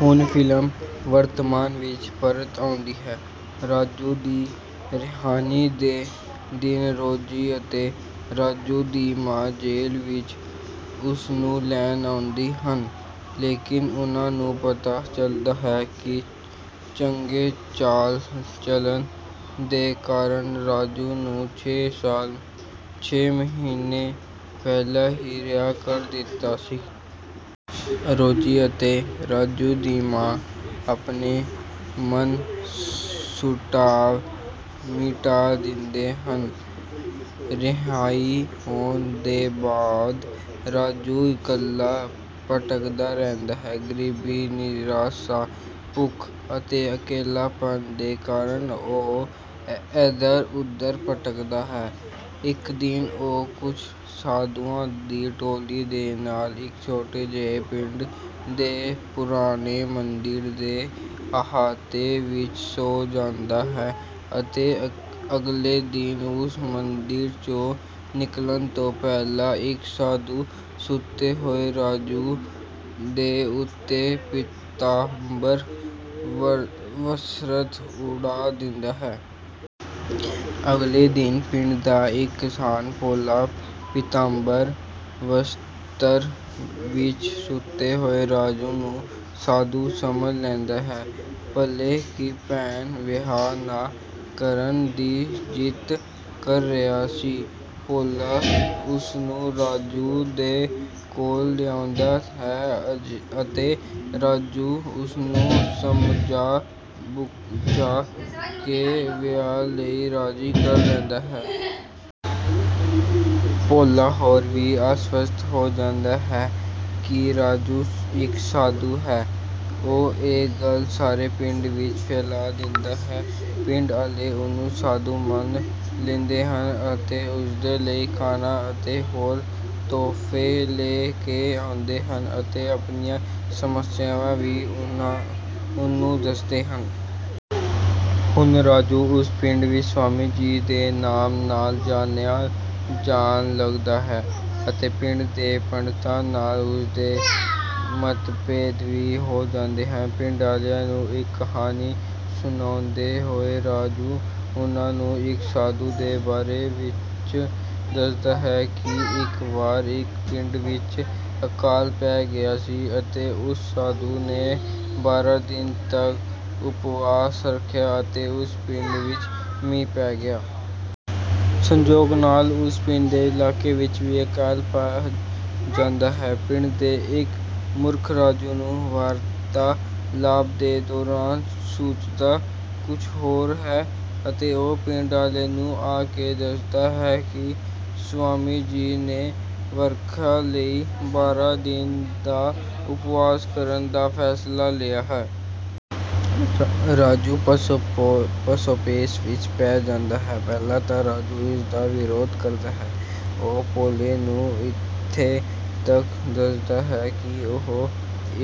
ਹੁਣ ਫਿਲਮ ਵਰਤਮਾਨ ਵਿੱਚ ਪਰਤ ਆਉਂਦੀ ਹੈ। ਰਾਜੂ ਦੀ ਰਿਹਾਈ ਦੇ ਦਿਨ ਰੋਜੀ ਅਤੇ ਰਾਜੂ ਦੀ ਮਾਂ ਜੇਲ੍ਹ ਵਿੱਚ ਉਸਨੂੰ ਲੈਣ ਆਉਂਦੇ ਹਨ, ਲੇਕਿਨ ਉਨ੍ਹਾਂ ਨੂੰ ਪਤਾ ਚੱਲਦਾ ਹੈ ਕਿ ਚੰਗੇ ਚਾਲ-ਚਲਣ ਦੇ ਕਾਰਨ ਰਾਜੂ ਨੂੰ ਛੇ ਮਹੀਨੇ ਪਹਿਲਾਂ ਹੀ ਰਿਹਾ ਕਰ ਦਿੱਤਾ ਗਿਆ ਸੀ। ਰੋਜੀ ਅਤੇ ਰਾਜੂ ਦੀ ਮਾਂ ਆਪਣੇ ਮਨ-ਮੁਟਾਵ ਮਿਟਾ ਦਿੰਦੇ ਹਨ। ਰਿਹਾਈ ਹੋਣ ਦੇ ਬਾਅਦ ਰਾਜੂ ਇਕੱਲਾ ਭਟਕਦਾ ਰਹਿੰਦਾ ਹੈ। ਗਰੀਬੀ, ਨਿਰਾਸ਼ਾ, ਭੁੱਖ ਅਤੇ ਅਕੇਲੇਪਨ ਦੇ ਕਾਰਨ ਉਹ ਏਧਰ-ਉੱਧਰ ਭਟਕਦਾ ਹੈ। ਇੱਕ ਦਿਨ ਉਹ ਕੁਝ ਸਾਧੂਆਂ ਦੀ ਟੋਲੀ ਦੇ ਨਾਲ ਇੱਕ ਛੋਟੇ ਜਿਹੇ ਪਿੰਡ ਦੇ ਪੁਰਾਣੇ ਮੰਦਿਰ ਦੇ ਅਹਾਤੇ ਵਿੱਚ ਸੌਂ ਜਾਂਦਾ ਹੈ ਅਤੇ ਅਗਲੇ ਦਿਨ ਉਸ ਮੰਦਿਰ 'ਚੋਂ ਨਿਕਲਣ ਤੋਂ ਪਹਿਲਾਂ ਇੱਕ ਸਾਧੂ ਸੁੱਤੇ ਹੋਏ ਰਾਜੂ ਦੇ ਉੱਤੇ ਪੀਤਾਂਬਰ ਵਸਤਰ ਉਡਾ ਦਿੰਦਾ ਹੈ। ਅਗਲੇ ਦਿਨ ਪਿੰਡ ਦਾ ਇੱਕ ਕਿਸਾਨ, ਭੋਲਾ, ਪੀਤਾਂਬਰ ਵਸਤਰ ਵਿੱਚ ਸੁੱਤੇ ਹੋਏ ਰਾਜੂ ਨੂੰ ਸਾਧੂ ਸਮਝ ਲੈਂਦਾ ਹੈ। ਭੋਲੇ ਦੀ ਭੈਣ ਵਿਆਹ ਨਾ ਕਰਨ ਦੀ ਜਿੱਦ ਕਰ ਰਹੀ ਸੀ। ਭੋਲਾ ਉਸਨੂੰ ਰਾਜੂ ਦੇ ਕੋਲ ਲਿਆਉਂਦਾ ਹੈ ਅਤੇ ਰਾਜੂ ਉਸਨੂੰ ਸਮਝਾ-ਬੁਝਾ ਕੇ ਵਿਆਹ ਲਈ ਰਾਜ਼ੀ ਕਰ ਲੈਂਦਾ ਹੈ। ਭੋਲਾ ਹੋਰ ਵੀ ਆਸ਼ਵਸਤ ਹੋ ਜਾਂਦਾ ਹੈ ਕਿ ਰਾਜੂ ਇੱਕ ਸਾਧੂ ਹੈ। ਉਹ ਇਹ ਗੱਲ ਸਾਰੇ ਪਿੰਡ ਵਿੱਚ ਫੈਲਾ ਦਿੰਦਾ ਹੈ। ਪਿੰਡ ਵਾਲੇ ਉਸਨੂੰ ਸਾਧੂ ਮੰਨ ਲੈਂਦੇ ਹਨ ਅਤੇ ਉਸਦੇ ਲਈ ਖਾਣਾ ਅਤੇ ਹੋਰ ਤੋਹਫ਼ੇ ਲੈ ਕੇ ਆਉਂਦੇ ਹਨ ਅਤੇ ਆਪਣੀਆਂ ਸਮੱਸਿਆਵਾਂ ਵੀ ਉਹਨੂੰ ਦੱਸਦੇ ਹਨ। ਹੁਣ ਰਾਜੂ ਉਸ ਪਿੰਡ ਵਿੱਚ "ਸਵਾਮੀ ਜੀ" ਦੇ ਨਾਮ ਨਾਲ ਜਾਣਿਆ ਜਾਣ ਲੱਗਦਾ ਹੈ ਅਤੇ ਪਿੰਡ ਦੇ ਪੰਡਤਾਂ ਨਾਲ ਉਸਦੇ ਮਤਭੇਦ ਵੀ ਹੋ ਜਾਂਦੇ ਹਨ। ਪਿੰਡ ਵਾਲਿਆਂ ਨੂੰ ਇੱਕ ਕਹਾਣੀ ਸੁਣਾਉਂਦੇ ਹੋਏ ਰਾਜੂ ਉਨ੍ਹਾਂ ਨੂੰ ਇੱਕ ਸਾਧੂ ਦੇ ਬਾਰੇ ਵਿੱਚ ਦੱਸਦਾ ਹੈ ਕਿ ਇੱਕ ਵਾਰ ਇੱਕ ਪਿੰਡ ਵਿੱਚ ਅਕਾਲ ਪੈ ਗਿਆ ਸੀ ਅਤੇ ਉਸ ਸਾਧੂ ਨੇ ਬਾਰਾਂ ਦਿਨ ਤੱਕ ਉਪਵਾਸ ਰੱਖਿਆ ਅਤੇ ਉਸ ਪਿੰਡ ਵਿੱਚ ਮੀਂਹ ਪੈ ਗਿਆ। ਸੰਜੋਗ ਨਾਲ ਉਸ ਪਿੰਡ ਦੇ ਇਲਾਕੇ ਵਿੱਚ ਵੀ ਅਕਾਲ ਪੈ ਜਾਂਦਾ ਹੈ। ਪਿੰਡ ਦੇ ਇੱਕ ਮੂਰਖ ਰਾਜੂ ਨੂੰ ਵਾਰਤਾਲਾਪ ਦੇ ਦੌਰਾਨ ਸੁਣਦਾ ਕੁਝ ਹੋਰ ਹੈ ਅਤੇ ਉਹ ਪਿੰਡ ਵਾਲਿਆਂ ਨੂੰ ਆ ਕੇ ਦੱਸਦਾ ਹੈ ਕਿ ਸਵਾਮੀ ਜੀ ਨੇ ਵਰਖਾ ਲਈ ਬਾਰਾਂ ਦਿਨ ਦਾ ਉਪਵਾਸ ਕਰਨ ਦਾ ਫ਼ੈਸਲਾ ਲਿਆ ਹੈ। ਰਾਜੂ ਪਸ਼ੋਪੇਸ਼ ਵਿੱਚ ਪੈ ਜਾਂਦਾ ਹੈ। ਪਹਿਲਾਂ ਤਾਂ ਰਾਜੂ ਇਸਦਾ ਵਿਰੋਧ ਕਰਦਾ ਹੈ। ਉਹ ਭੋਲੇ ਨੂੰ ਇੱਥੇ ਤੱਕ ਦੱਸਦਾ ਹੈ ਕਿ ਉਹ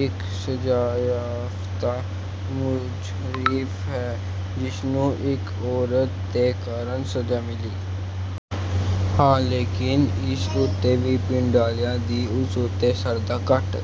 ਇੱਕ ਸਜ਼ਾਯਾਫ਼ਤਾ ਮੁਜ਼ਰਿਮ ਹੈ ਜਿਸਨੂੰ ਇੱਕ ਔਰਤ ਦੇ ਕਾਰਨ ਸਜ਼ਾ ਮਿਲੀ ਹੈ, ਲੇਕਿਨ ਇਸ ਉੱਤੇ ਵੀ ਪਿੰਡ ਵਾਲਿਆਂ ਦੀ ਉਸ ਉੱਤੇ ਸ਼ਰਧਾ ਘੱਟ